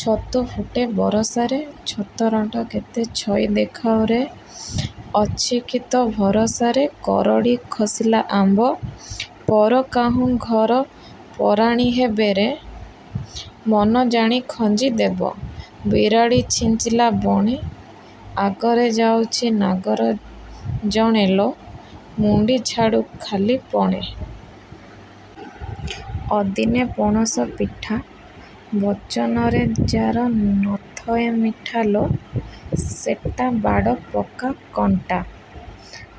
ଛତୁ ଫୁଟେ ବରଷାରେ, ଛତରାଟା କେତେ ଛଇ ଦେଖାଉ ରେ, ଅଛି କି ତୋ ଭରଷାରେ। କରଡ଼ି ଖସିଲା ଆମ୍ବ, ପର କାହୁଁ ଘର ପରାଣୀ ହେବେ ରେ, ମନ ଜାଣି ଖଞ୍ଜି ଦେବ। ବିରାଡ଼ି ଛିଙ୍କିଲା ବଣେ, ଆଗରେ ଯାଉଛି ନାଗର ଜଣେ ଲୋ, ମୁଣ୍ଡି ଝାଡୁ ଖାଲି ପଣେ। ଅଦିନେ ପଣସ ସିଠା, ବଚନରେ ଯାର ନଥଏ ମିଠା ଲୋ, ସେଟା ବାଡ଼ ପକା କଣ୍ଟା।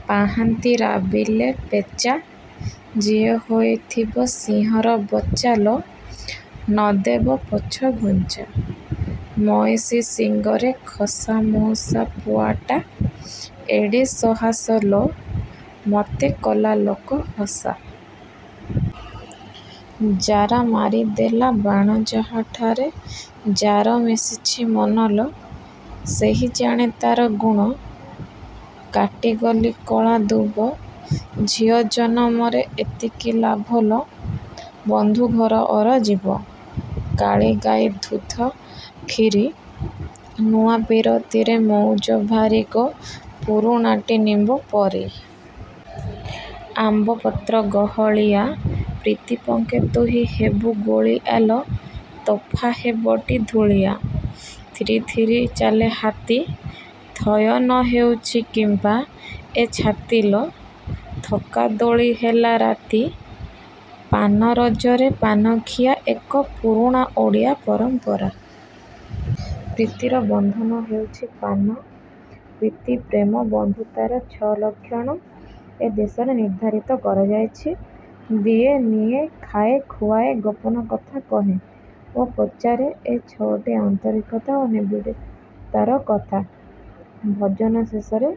ପାହାନ୍ତି ରାବିଲେ ପେଚା, ଯିଏ ହୋଇଥିବ ସିଂହର ବଚା ଲୋ, ନ ଦେବ ପଛଘୁଞ୍ଚା। ମଇଁଷି ଶିଙ୍ଗରେ ଖସା, ମଉସା ପୁଆଟା ଏଡ଼େ ସହସା ଲୋ, ମତେ କଲା ଲୋକହସା। ଜାରା ମାରିଦେଲା ବାଣ ଯାହାଠାରେ ଯାର ମିଶିଛି ମନ ଲୋ, ସେହି ଜାଣେ ତାର ଗୁଣ। କାଟି ଗଲି କଳାଦୁବ, ଝିଅ ଜନମରେ ଏତିକି ଲାଭ ଲୋ, ବନ୍ଧୁ ଘର ଅରଜିବ। କାଳୀଗାଇ ଧୁଧ କ୍ଷୀରି, ନୂଆ ପୀରତିରେ ମଉଜ ଭାରି ଗୋ, ପୁରୁଣାଟି ନିମ୍ବ ପରି। ଆମ୍ବ ପତ୍ର ଗହଳିଆ, ପ୍ରୀତି ପଙ୍କେ ତୁହି ହେବୁ ଗୋଳିଆଲୋ, ତୋଫା ହେବଟି ଧୁଳିଆ। ଥିରି ଥିରି ଚାଲେ ହାତୀ, ଥୟ ନ ହେଉଛି କିମ୍ପା ଏ ଛାତି ଲୋ, ଥକା ଦୋଳି ହେଲା ରାତି। ପାନ: ରଜରେ ପାନଖିଆ ଏକ ପୁରୁଣା ଓଡ଼ିଆ ପରମ୍ପରା। ପ୍ରୀତିର ବନ୍ଧନ ହେଉଛି ପାନ। ପ୍ରୀତି, ପ୍ରେମ, ବନ୍ଧୁତାର ଛ'ଲକ୍ଷଣ ଏ ଦେଶରେ ନିର୍ଦ୍ଧାରିତ କରାଯାଇଛି। ଦିଏ, ନିଏ, ଖାଏ, ଖୁଆଏ, ଗୋପନ କଥା କହେ ଓ ପଚାରେ, ଏ ଛ'ଟି ଆନ୍ତରିକତା ଓ ନିବିଡ଼ତାର କଥା। ଭୋଜନ ଶେଷରେ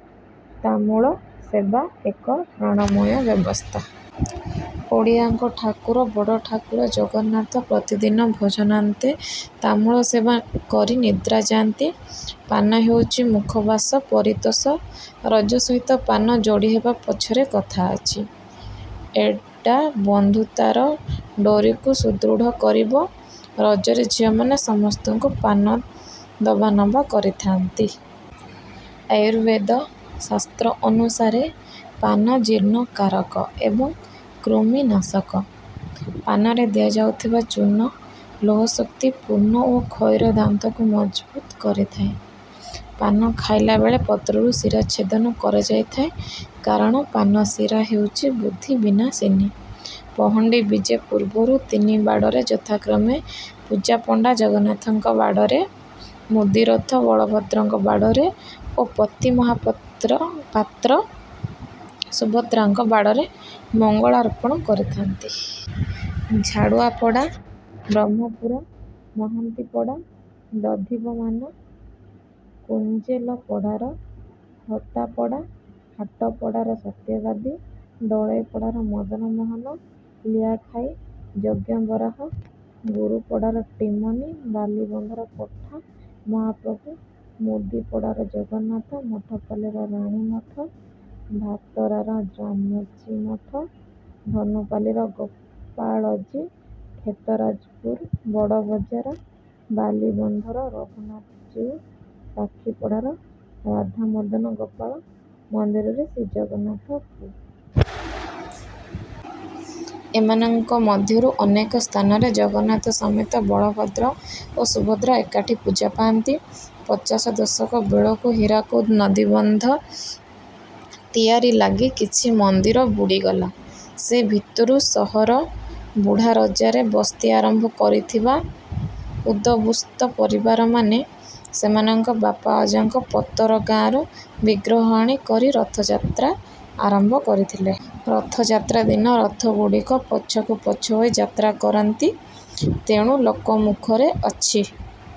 ତାମ୍ବୁଳ ସେବା ଏକ ପ୍ରାଣମୟ ବ୍ୟବସ୍ଥା। ଓଡ଼ିଆଙ୍କ ଠାକୁର ବଡ଼ଠାକୁର ଜଗନ୍ନାଥ ପ୍ରତିଦିନ ଭୋଜନାନ୍ତେ ତାମ୍ବୁଳ ସେବା କରି ନିଦ୍ରା ଯାଆନ୍ତି। ପାନ ହେଉଛି ମୁଖବାସ, ପରିତୋଷ। ରଜ ସହିତ ପାନ ଯୋଡ଼ିହେବା ପଛରେ କଥା ଅଛି, ଏଡା ବନ୍ଧୁତାର ଡେ଼ାରିକୁ ସୁଦୃଢ କରିବ। ରଜରେ ଝିଅମାନେ ସମସ୍ତଙ୍କୁ ପାନ ଦବାନବା କରିଥାନ୍ତି। ଆୟୁର୍ବେଦ ଶାସ୍ତ୍ର ଅନୁସାରେ ପାନ ଜୀର୍ଣ୍ଣକାରକ ଏବଂ କୃମିନାଶକ। ପାନରେ ଦିଆଯାଉଥିବା ଚୂନ ଲୌହଶକ୍ତି ପୂର୍ଣ୍ଣ ଓ ଖଇର ଦାନ୍ତକୁ ମଜଭୁତ କରିଥାଏ। ପାନ ଖାଇଲା ବେଳେ ପତ୍ରରୁ ଶିରା ଛେଦନ କରାଯାଇଥାଏ କାରଣ ପାନଶିରା ହେଉଛି ବୁଦ୍ଧି ବିନାଶିନୀ। ପହଣ୍ଡି ବିଜେ ପୂର୍ବରୁ ତିନି ବାଡ଼ରେ ଯଥାକ୍ରମେ ପୂଜାପଣ୍ଡା ଜଗନ୍ନାଥଙ୍କ ବାଡ଼ରେ, ମୁଦିରଥ ବଳଭଦ୍ରଙ୍କ ବାଡ଼ରେ ଓ ପତି ମହାପାତ୍ର ସୁଭଦ୍ରାଙ୍କ ବାଡ଼ରେ ମଙ୍ଗଳାର୍ପଣ କରିଥାନ୍ତି। ଝାଡ଼ୁଆପଡ଼ା, ବ୍ରହ୍ମପୁରା, ମହାନ୍ତିପଡ଼ା, ଦଧିବମାନ, କୁଞ୍ଜେଲପଡ଼ାର ହୋତାପଡ଼ା, ହାଟ ପଡ଼ାର ସତ୍ୟବାଦୀ, ଦଳେଇପଡ଼ାର ମଦନମୋହନ, ଲିଆଖାଇ, ଯଜ୍ଞ ବରାହ, ଗୁରୁପଡ଼ାର ଟିମନୀ, ବାଲିବନ୍ଧର କୋଠା ମହାପ୍ରଭୁ, ମୁଦୀପଡ଼ାର ଜଗନ୍ନାଥ, ମଠପାଲିର ରାଣୀମଠ, ଭାତରାର ରାମଜୀ ମଠ, ଧନୁପାଲିର ଗୋପାଳଜୀ, କ୍ଷେତରାଜପୁର, ବଡ଼ବଜାର, ବାଲିବନ୍ଧର ରଘୁନାଥଜୀଉ, ସାକ୍ଷୀପଡ଼ାର ରାଧାମଦନଗୋପାଳ ମନ୍ଦିରରେ ଶ୍ରୀ ଜଗନ୍ନାଥ ପୂଜା ପାଆନ୍ତି। ଏମାନଙ୍କ ମଧ୍ୟରୁ ଅନେକ ସ୍ଥାନରେ ଜଗନ୍ନାଥଙ୍କ ସମେତ ବଳଭଦ୍ର ଓ ସୁଭଦ୍ରା ଏକାଠି ପୂଜା ପାଆନ୍ତି। ପଚାଶ ଦଶକ ବେଳକୁ ହୀରାକୁଦ ନଦୀବନ୍ଧ ତିଆରି ଲାଗି କିଛି ମନ୍ଦିର ବୁଡ଼ିଗଲା। ସେ ଭିତରୁ ସହର ବୁଢ଼ାରଜାରେ ବସ୍ତି ଆରମ୍ଭ କରିଥିବା ଉଦବୁସ୍ତ ପରିବାରମାନେ ସେମାନଙ୍କ ବାପା ଅଜାଙ୍କ ପତରା ଗାଁରୁ ବିଗ୍ରହ ଆଣି କରି ରଥଯାତ୍ରା ଆରମ୍ଭ କରିଥିଲେ। ରଥଯାତ୍ରାଦିନ ରଥଗୁଡ଼ିକ ପଛକୁ ପଛ ହୋଇ ଯାତ୍ରା କରନ୍ତି। ତେଣୁ ଲୋକମୁଖରେ ଅଛି:।